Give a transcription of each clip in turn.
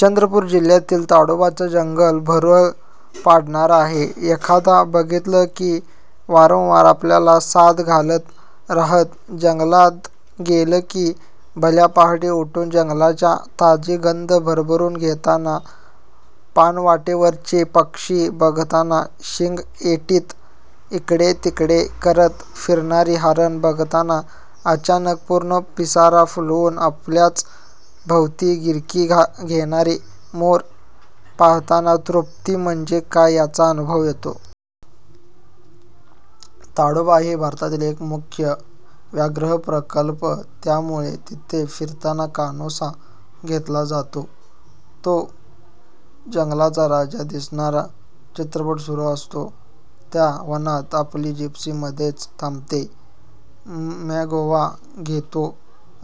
चंद्रपूर जिल्ह्यातील ताडोबाचे जंगल भुरळ पाडणारं आहे. एकदा बघितलं की वारंवार आपल्याला साद घालत राहतं. जंगलात गेलं की भल्या पहाटे उठून जंगलाचा ताजा गंध भरभरून घेताना, पाणवठ्यावरचे पक्षी बघताना, शिंगं ऐटीत इकडे तिकडे करत फिरणारी हरणं बघताना, अचानक पूर्ण पिसारा फुलवून आपल्याच भोवती गिरकी घेणारा मोर पाहताना तृप्ती म्हणजे काय याचा अनुभव येतो!... ताडोबा हा भारतातील एक मुख्य व्याघ्रप्रकल्प. त्यामुळे तिथे फिरताना कानोसा घेतला जातो तो जंगलाचा राजा दिसणार... चित्रपट सुरू असतो त्या वनात. आपली जिप्सी मध्येच थांबते, मागोवा घेते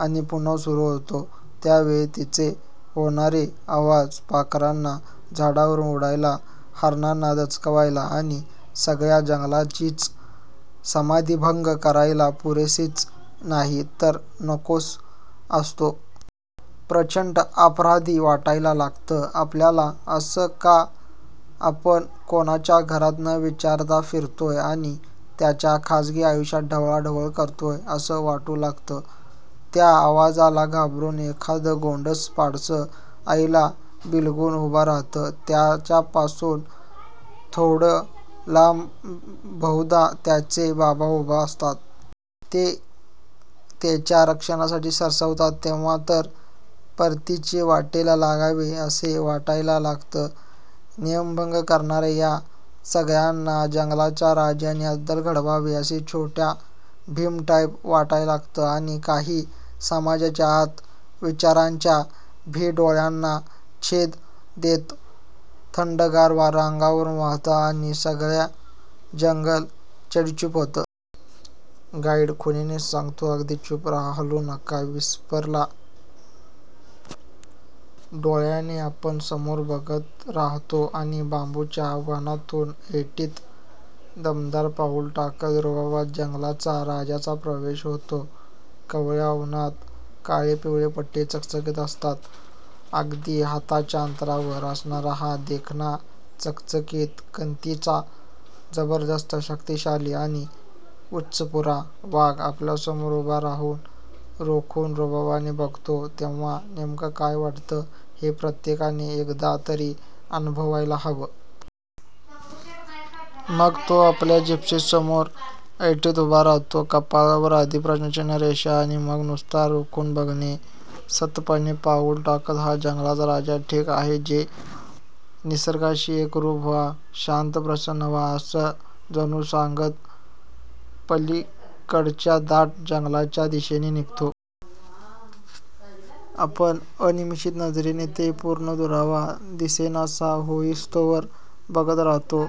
आणि पुन्हा सुरू होते. त्यावेळी तिचा होणारा आवाज पाखरांना झाडावरून उडायला, हरणांना दचकवायला आणि सगळ्या जंगलाचीच समाधी भंग करायला पुरेसाच नाही, तर नकोसा असतो... प्रचंड अपराधी वाटायला लागतं आपल्याला. असं का आपण कोणाच्या घरात न विचारता फिरतोय आणि त्यांच्या खाजगी आयुष्यात ढवळाढवळ करतोय, असं वाटू लागतं. त्या आवाजाला घाबरून एखादं गोंडस पाडस आईला बिलगून उभं राहतं. त्यांच्यापासून थोडे लांब बहुधा त्याचे बाबा उभे असतात. ते त्याच्या रक्षणासाठी पुढे सरसावतात. तेव्हा तर परतीच्या वाटेला लागावं असंच वाटायला लागतं! नियमभंग करणाऱ्या या सगळ्यांना जंगलाच्या राजाने अद्दल घडवावी, असं 'छोटा भीम' टाईप वाटायला लागतं!! आणि... काही समजण्याच्या आत विचारांच्या भेंडोळ्यांना छेद देत थंडगार वारा अंगावरून वाहतो आणि सगळं जंगल चिडीचूप होतं. गाईड खुणेनेच सांगतो, अगदी चूप राहा, हलू नका. विस्फारल्या डोळ्यांनी आपण समोर बघत राहतो... आणि बांबूच्या वनातून ऐटीत, दमदार पावलं टाकत, रुबाबात जंगलच्या राजाचा प्रवेश होतो. कोवळ्या उन्हात काळे-पिवळे पट्टे चकाकत असतात! अगदी हाताच्या अंतरावर असणारा हा देखणा, चकचकीत कांतीचा, जबरदस्त शक्तिशाली आणि उंचापुरा वाघ आपल्यासमोर उभा राहून रोखून रुबाबाने बघतो, तेव्हा नेमकं काय वाटतं हे प्रत्येकाने एकदा तरी अनुभवायलाच हवं! मग तो आपल्या जिप्सीसमोर ऐटीत उभा राहतो. कपाळावर आधी प्रश्नचिन्हाच्या रेषा आणि मग नुसतं रोखून बघणं! संथपणे पावलं टाकत हा जंगलचा राजा, 'ठीक आहे, जा, निसर्गाशी एकरूप व्हा, शांत-प्रसन्न व्हा' असं जणू सांगत, पलीकडच्या दाट जंगलाच्या दिशेने निघतो. आपण अनिमिष नजरेने तो पूर्ण दूरवर दिसेनासा होईस्तोवर बघत राहतो!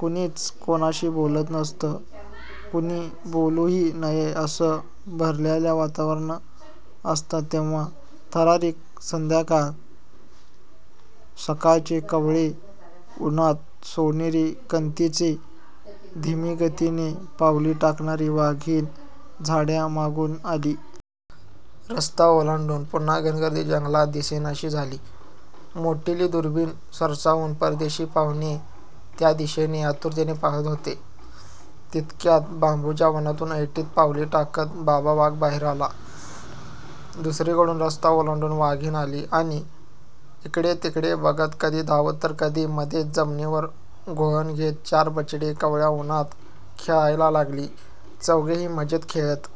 कोणीच कोणाशी बोलत नसतं, कोणी बोलूही नये, असं भारलेलं वातावरण असतं तेव्हा! थरारक संध्याकाळ... सकाळच्या कोवळ्या उन्हात सोनेरी कांतीची, धीम्या गतीने पावले टाकणारी वाघीण झाडामागून आली. रस्ता ओलांडून पुन्हा घनगर्द जंगलात दिसेनाशी झाली. मोठाल्या दुर्बिणी सरसावून परदेशी पाहुणे त्या दिशेने आतुरतेने पाहत होते. तितक्यात बांबूच्या वनातून ऐटीत पावले टाकत 'बाबा' वाघ बाहेर आला. दुसरीकडून रस्ता ओलांडून वाघीण आली आणि इकडे तिकडे बघत कधी धावत तर कधी मध्येच जमिनीवर लोळण घेत चार बछडी कोवळ्या उन्हात खेळायला लागली. चौघेही मजेत खेळत